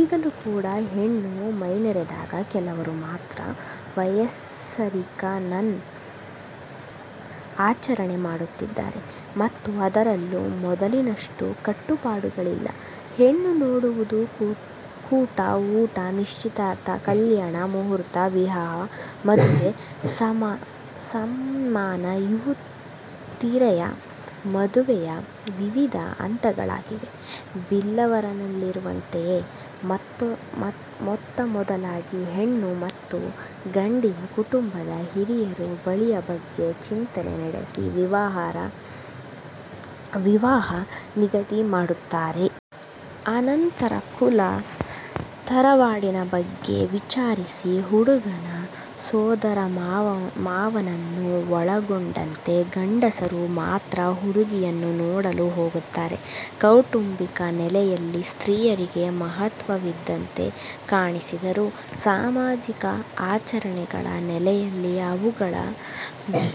ಈಗಲೂ ಕೂಡ ಹೆಣ್ಣು ಮೈನೆರೆದಾಗ ಕೆಲವರು ಮಾತ್ರ ವಯಸರಿಕ್ಕ ನ್ ಆಚರಣೆ ಮಾಡುತ್ತಿದ್ದಾರೆ ಮತ್ತು ಅದರಲ್ಲೂ ಮೊದಲಿನಷ್ಟು ಕಟ್ಟುಪಾಡುಗಳಿಲ್ಲ. ಹೆಣ್ಣು ನೋಡುವುದು, ಕೂಟ ಊಟ, ನಿಶ್ಚಿತಾರ್ಥ, ಕಲ್ಯಾಣ ಮುಹೂರ್ತ, ವಿವಾಹ, ಮದುವೆ ಸಮ್ಮಾನ ಇವು ತೀಯರ ಮದುವೆಯ ವಿವಿಧ ಹಂತಗಳಾಗಿವೆ. ಬಿಲ್ಲವರಲ್ಲಿರುವಂತೆಯೇ ಮೊತ್ತಮೊದಲಾಗಿ ಹೆಣ್ಣು ಮತ್ತು ಗಂಡಿನ ಕುಟುಂಬದ ಹಿರಿಯರು ಬಳಿಯ ಬಗ್ಗೆ ಚಿಂತನೆ ನಡೆಸಿ, ವಿವಾಹ ನಿಗದಿಮಾಡುತ್ತಾರೆ. ಅನಂತರ ಕುಲ, ತರವಾಡಿನ ಬಗ್ಗೆ ವಿಚಾರಿಸಿ, ಹುಡುಗನ ಸೋದರಮಾವನನ್ನು ಒಳಗೊಂಡಂತೆ ಗಂಡಸರು ಮಾತ್ರ ಹುಡುಗಿಯನ್ನು ನೋಡಲು ಹೋಗುತ್ತಾರೆ. ಕೌಟುಂಬಿಕ ನೆಲೆಯಲ್ಲಿ ಸ್ತ್ರೀಯರಿಗೆ ಮಹತ್ವವಿದ್ದಂತೆ ಕಾಣಿಸಿದರೂ ಸಾಮಾಜಿಕ ಆಚರಣೆಗಳ ನೆಲೆಯಲ್ಲಿ ಅವುಗಳ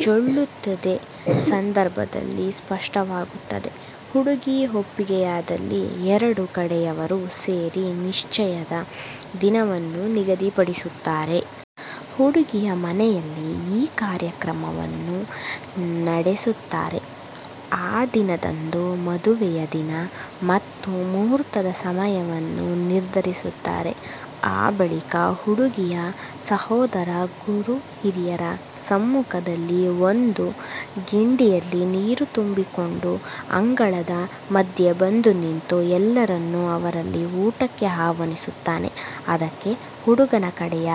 ಜೊಳ್ಳುತದ್ದೀ ಸಂದರ್ಭದಲ್ಲಿ ಸ್ಪಷ್ಟವಾಗುತ್ತದೆ. ಹುಡುಗಿ ಒಪ್ಪಿಗೆಯಾದಲ್ಲಿ ಎರಡು ಕಡೆಯವರೂ ಸೇರಿ ನಿಶ್ಚಯದ ದಿನವನ್ನು ನಿಗದಿಪಡಿಸುತ್ತಾರೆ. ಹುಡುಗಿಯ ಮನೆಯಲ್ಲಿ ಈ ಕಾರ್ಯಕ್ರಮವನ್ನು ನಡೆಸುತ್ತಾರೆ. ಆ ದಿನದಂದು ಮದುವೆಯ ದಿನ ಮತ್ತು ಮುಹೂರ್ತದ ಸಮಯವನ್ನು ನಿರ್ಧರಿಸುತ್ತಾರೆ. ಆ ಬಳಿಕ ಹುಡುಗಿಯ ಸಹೋದರ ಗುರುಹಿರಿಯರ ಸಮ್ಮುಖದಲ್ಲಿ ಒಂದು ಗಿಂಡಿಯಲ್ಲಿ ನೀರು ತುಂಬಿಕೊಂಡು, ಅಂಗಳದ ಮಧ್ಯೆ ಬಂದು ನಿಂತು ಎಲ್ಲರನ್ನೂ ಅವರಲ್ಲಿ ಊಟಕ್ಕೆ ಆಹ್ವಾನಿಸುತ್ತಾನೆ. ಅದಕ್ಕೆ ಹುಡುಗನ ಕಡೆಯ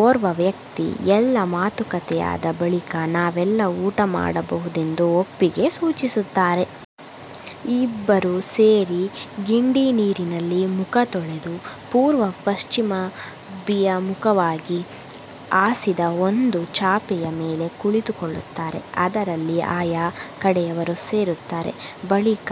ಓರ್ವ ವ್ಯಕ್ತಿ ಎಲ್ಲ ಮಾತುಕತೆಯಾದ ಬಳಿಕ ನಾವೆಲ್ಲ ಊಟ ಮಾಡಬಹುದೆಂದು ಒಪ್ಪಿಗೆ ಸೂಚಿಸುತ್ತಾರೆ. ಇಬ್ಬರೂ ಸೇರಿ ಗಿಂಡಿ ನೀರಿನಲ್ಲಿ ಮುಖ ತೊಳೆದು ಪೂರ್ವ-ಪಶ್ಚಿಮಾಭಿಮುಖವಾಗಿ ಹಾಸಿದ ಒಂದು ಚಾಪೆಯ ಮೇಲೆ ಕುಳಿತುಕೊಳ್ಳುತ್ತಾರೆ. ಅದರಲ್ಲಿ ಆಯಾಯ ಕಡೆಯವರು ಸೇರುತ್ತಾರೆ. ಬಳಿಕ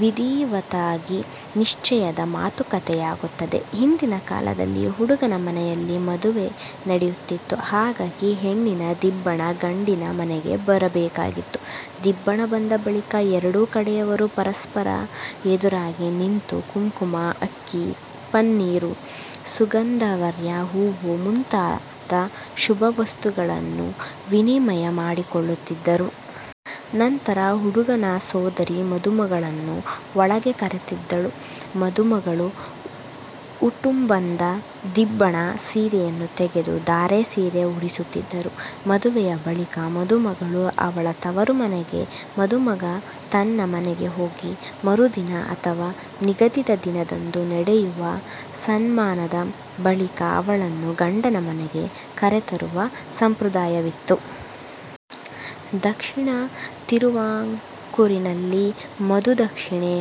ವಿಧಿವತ್ತಾಗಿ ನಿಶ್ಚಯದ ಮಾತುಕತೆಯಾಗುತ್ತದೆ. ಹಿಂದಿನ ಕಾಲದಲ್ಲಿ ಹುಡುಗನ ಮನೆಯಲ್ಲಿ ಮದುವೆ ನಡೆಯುತ್ತಿತ್ತು. ಹಾಗಾಗಿ ಹೆಣ್ಣಿನ ದಿಬ್ಬಣ ಗಂಡಿನ ಮನೆಗೆ ಬರಬೇಕಿತ್ತು. ದಿಬ್ಬಣ ಬಂದ ಬಳಿಕ ಎರಡೂ ಕಡೆಯವರು ಪರಸ್ಪರ ಎದುರಾಗಿ ನಿಂತು ಕುಂಕುಮ, ಅಕ್ಕಿ, ಪನ್ನೀರು, ಸುಗಂಧದ್ರವ್ಯ, ಹೂವು ಮುಂತಾದ ಶುಭವಸ್ತುಗಳನ್ನು ವಿನಿಮಯ ಮಾಡಿಕೊಳ್ಳುತ್ತಿದ್ದರು. ಅನಂತರ ಹುಡುಗನ ಸೋದರಿ ಮದುಮಗಳನ್ನು ಒಳಗೆ ಕರೆತರುತ್ತಿದ್ದಳು. ಮದುಮಗಳು ಉಟ್ಟುಬಂದ ದಿಬ್ಬಣ ಸೀರೆಯನ್ನು ತೆಗೆದು ಧಾರೆ ಸೀರೆ ಉಡಿಸುತ್ತಿದ್ದರು. ಮದುವೆಯ ಬಳಿಕ ಮದುಮಗಳು ಅವಳ ತವರುಮನೆಗೆ ಮದುಮಗ ತನ್ನ ಮನೆಗೆ ಹೋಗಿ ಮರುದಿನ ಅಥವಾ ನಿಗದಿತ ದಿನದಂದು ನಡೆಯುವ ಸಮ್ಮಾನದ ಬಳಿಕ ಅವಳನ್ನು ಗಂಡನ ಮನೆಗೆ ಕರೆತರುವ ಸಂಪ್ರದಾಯವಿತ್ತು. ದಕ್ಷಿಣ ತಿರುವಾಂಕೂರಿನಲ್ಲಿ ವಧುದಕ್ಷಿಣೆ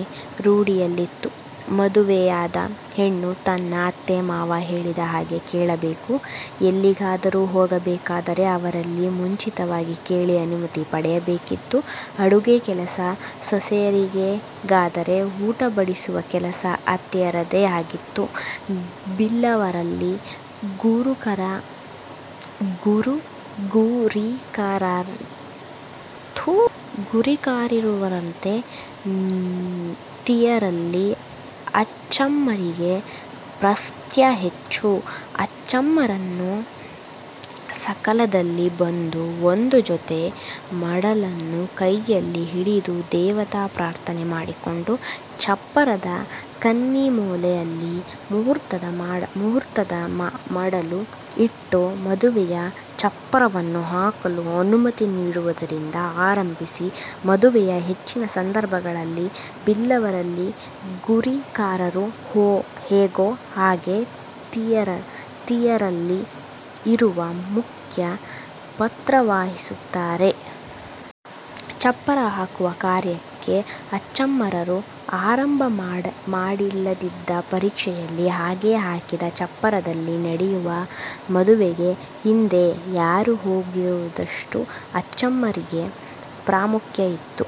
ರೂಢಿಯಲ್ಲಿತ್ತು. ಮದುವೆಯಾದ ಹೆಣ್ಣು ತನ್ನ ಅತ್ತೆ-ಮಾವ ಹೇಳಿದ ಹಾಗೆ ಕೇಳಬೇಕು. ಎಲ್ಲಿಗಾದರೂ ಹೋಗಬೇಕಾದರೆ ಅವರಲ್ಲಿ ಮುಂಚಿತವಾಗಿ ಕೇಳಿ ಅನುಮತಿ ಪಡೆಯಬೇಕಿತ್ತು. ಅಡುಗೆ ಕೆಲಸ ಸೊಸೆಯರಿಗಾದರೆ ಊಟ ಬಡಿಸುವ ಕೆಲಸ ಅತ್ತಯರದೇ ಆಗಿತ್ತು. ಬಿಲ್ಲವರಲ್ಲಿ ಗುರಿಕಾರರಿರುವಂತೆ, ತೀಯರಲ್ಲಿ ಅಚ್ಚಮ್ಮಾರಿಗೆ ಪ್ರಾಸ್ತ್ಯ ಹೆಚ್ಚು. ಅಚ್ಚಮ್ಮಾರರು ಸಕಾಲದಲ್ಲಿ ಬಂದು, ಒಂದು ಜೊತೆ ಮಡಲನ್ನು ಕೈಯಲ್ಲಿ ಹಿಡಿದು ದೇವತಾ ಪ್ರಾರ್ಥನೆ ಮಾಡಿಕೊಂಡು ಚಪ್ಪರದ ಕನ್ನಿಮೂಲೆ ಯಲ್ಲಿ ಮಹೂರ್ತದ ಮಡಲು ಇಟ್ಟು ಮದುವೆಯ ಚಪ್ಪರವನ್ನು ಹಾಕಲು ಅನುಮತಿ ನೀಡುವುದರಿಂದ ಆರಂಭಿಸಿ, ಮದುವೆಯ ಹೆಚ್ಚಿನ ಸಂದರ್ಭಗಳಲ್ಲಿ ಬಿಲ್ಲವರಲ್ಲಿ ಗುರಿಕಾರರು ಹೇಗೋ ಹಾಗೇ ತೀಯರಲ್ಲಿ ಇವರು ಮುಖ್ಯ ಪಾತ್ರವಹಿಸುತ್ತಾರೆ. ಚಪ್ಪರ ಹಾಕುವ ಕಾರ್ಯಕ್ಕೆ ಅಚ್ಚಮ್ಮಾರರು ಆರಂಭ ಮಾಡಿಲ್ಲದಿದ್ದ ಪಕ್ಷದಲ್ಲಿ ಹಾಗೆ ಹಾಕಿದ ಚಪ್ಪರದಲ್ಲಿ ನಡೆಯುವ ಮದುವೆಗೆ ಹಿಂದೆ ಯಾರೂ ಹೋಗದಿರುವಷ್ಟು ಅಚ್ಚಮ್ಮಾರರಿಗೆ ಪ್ರಾಮುಖ್ಯ ಇತ್ತು.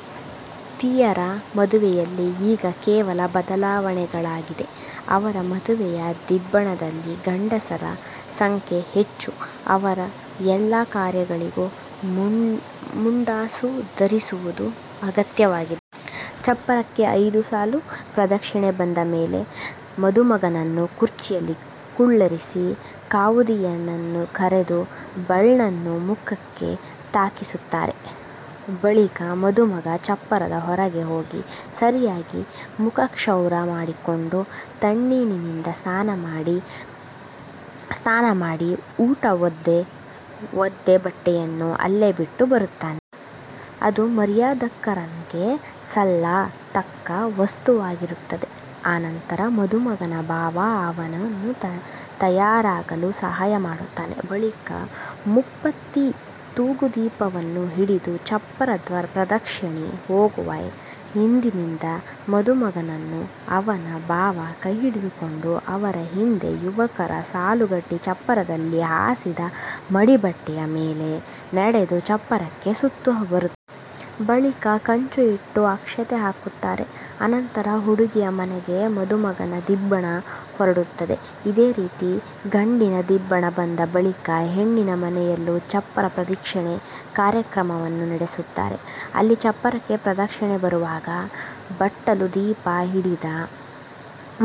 ತೀಯರ ಮದುವೆಯಲ್ಲಿ ಈಗ ಕೆಲವು ಬದಲಾವಣೆಗಳಾಗಿದೆ. ಅವರ ಮದುವೆಯ ದಿಬ್ಬಣದಲ್ಲಿ ಗಂಡಸರ ಸಂಖ್ಯೆ ಹೆಚ್ಚು. ಅವರು ಎಲ್ಲ ಕಾರ್ಯಗಳಿಗೂ ಮುಂಡಾಸು ಧರಿಸುವುದು ಅಗತ್ಯವಾಗಿದೆ. ಚಪ್ಪರಕ್ಕೆ ಐದು ಸಲ ಪ್ರದಕ್ಷಿಣೆ ಬಂದ ಮೇಲೆ ಮದುಮಗನನ್ನು ಕುರ್ಚಿಯಲ್ಲಿ ಕುಳ್ಳಿರಿಸಿ ಕಾವುದೀಯನ್ನನ್ನು ಕರೆದು ಬಾಳ್ನ್ನು ಮುಖಕ್ಕೆ ತಾಗಿಸುತ್ತಾರೆ. ಬಳಿಕ ಮದುಮಗ ಚಪ್ಪರದ ಹೊರಗೆ ಹೋಗಿ ಸರಿಯಾಗಿ ಮುಖಕ್ಷೌರ ಮಾಡಿಕೊಂಡು ತಣ್ಣೀರಿನಿಂದ ಸ್ನಾನ ಮಾಡುತ್ತಾನೆ. ಸ್ನಾನ ಮಾಡಿ ಉಟ್ಟ ಒದ್ದೆ ಬಟ್ಟೆಯನ್ನು ಅಲ್ಲೇ ಬಿಟ್ಟು ಬರುತ್ತಾನೆ. ಅದು ಮರ್ಯಾದಕ್ಕಾರನ್ಗೆ ಸಲ್ಲ ತಕ್ಕ ವಸ್ತುವಾಗಿರುತ್ತದೆ. ಅನಂತರ ಮದುಮಗನ ಭಾವ ಅವನು ತಯಾರಾಗಲು ಸಹಾಯ ಮಾಡುತ್ತಾನೆ. ಬಳಿಕ ಮೂಪತ್ತಿ ತೂಗುದೀಪವನ್ನು ಹಿಡಿದು ಚಪ್ಪರ ಪ್ರದಕ್ಷಿಣೆ ಹೋಗುವಾಗ ಹಿಂದಿನಿಂದ ಮದುಮಗನನ್ನು ಅವನ ಭಾವ ಕೈಹಿಡಿದುಕೊಂಡು, ಅವರ ಹಿಂದೆ ಯುವಕರು ಸಾಲುಗಟ್ಟಿ ಚಪ್ಪರದಲ್ಲಿ ಹಾಸಿದ ಮಡಿ ಬಟ್ಟೆಯ ಮೇಲೆ ನಡೆದು ಚಪ್ಪರಕ್ಕೆ ಸುತ್ತು ಬರುತ್ತಾರೆ. ಬಳಿಕ ಕಂಚು ಇಟ್ಟು ಅಕ್ಷತೆ ಹಾಕುತ್ತಾರೆ. ಅನಂತರ ಹುಡುಗಿಯ ಮನೆಗೆ ಮದುಮಗನ ದಿಬ್ಬಣ ಹೊರಡುತ್ತದೆ. ಇದೇ ರೀತಿ ಗಂಡಿನ ದಿಬ್ಬಣ ಬಂದ-ಬಳಿಕ ಹೆಣ್ಣಿನ ಮನೆಯಲ್ಲೂ ಚಪ್ಪರ ಪ್ರದಕ್ಷಿಣೆ ಕಾರ್ಯಕ್ರಮವನ್ನು ನಡೆಸುತ್ತಾರೆ. ಅಲ್ಲಿ ಚಪ್ಪರಕ್ಕೆ ಪ್ರದಕ್ಷಿಣೆ ಬರುವಾಗ ಬಟ್ಟಲು ದೀಪ ಹಿಡಿದ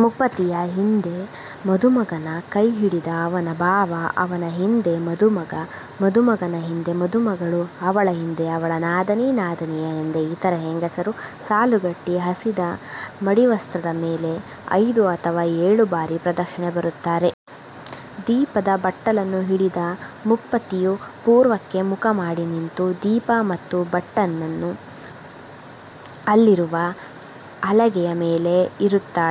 ಮೂಪತ್ತಿಯ ಹಿಂದೆ ಮದುಮಗನ ಕೈ ಹಿಡಿದ ಅವನ ಭಾವ, ಅವನ ಹಿಂದೆ ಮದುಮಗ, ಮದುಮಗನ ಹಿಂದೆ ಮದುಮಗಳು, ಅವಳ ಹಿಂದೆ ಅವಳ ನಾದಿನಿ, ನಾದಿನಿಯ ಹಿಂದೆ ಇತರ ಹೆಂಗಸರು ಸಾಲುಗಟ್ಟಿ ಹಾಸಿದ ಮಡಿವಸ್ತ್ರದ ಮೇಲೆ ಐದು ಅಥವಾ ಏಳು ಬಾರಿ ಪ್ರದಕ್ಷಿಣೆ ಬರುತ್ತಾರೆ. ದೀಪದ ಬಟ್ಟಲನ್ನು ಹಿಡಿದ ಮೂಪತ್ತಿಯು ಪೂರ್ವಕ್ಕೆ ಮುಖ ಮಾಡಿ ನಿಂತು, ದೀಪ ಮತ್ತು ಬಟ್ಟನ್ನು ಅಲ್ಲಿರುವ ಹಲಗೆಯ ಮೇಲೆ ಇರುತ್ತಾಳೆ.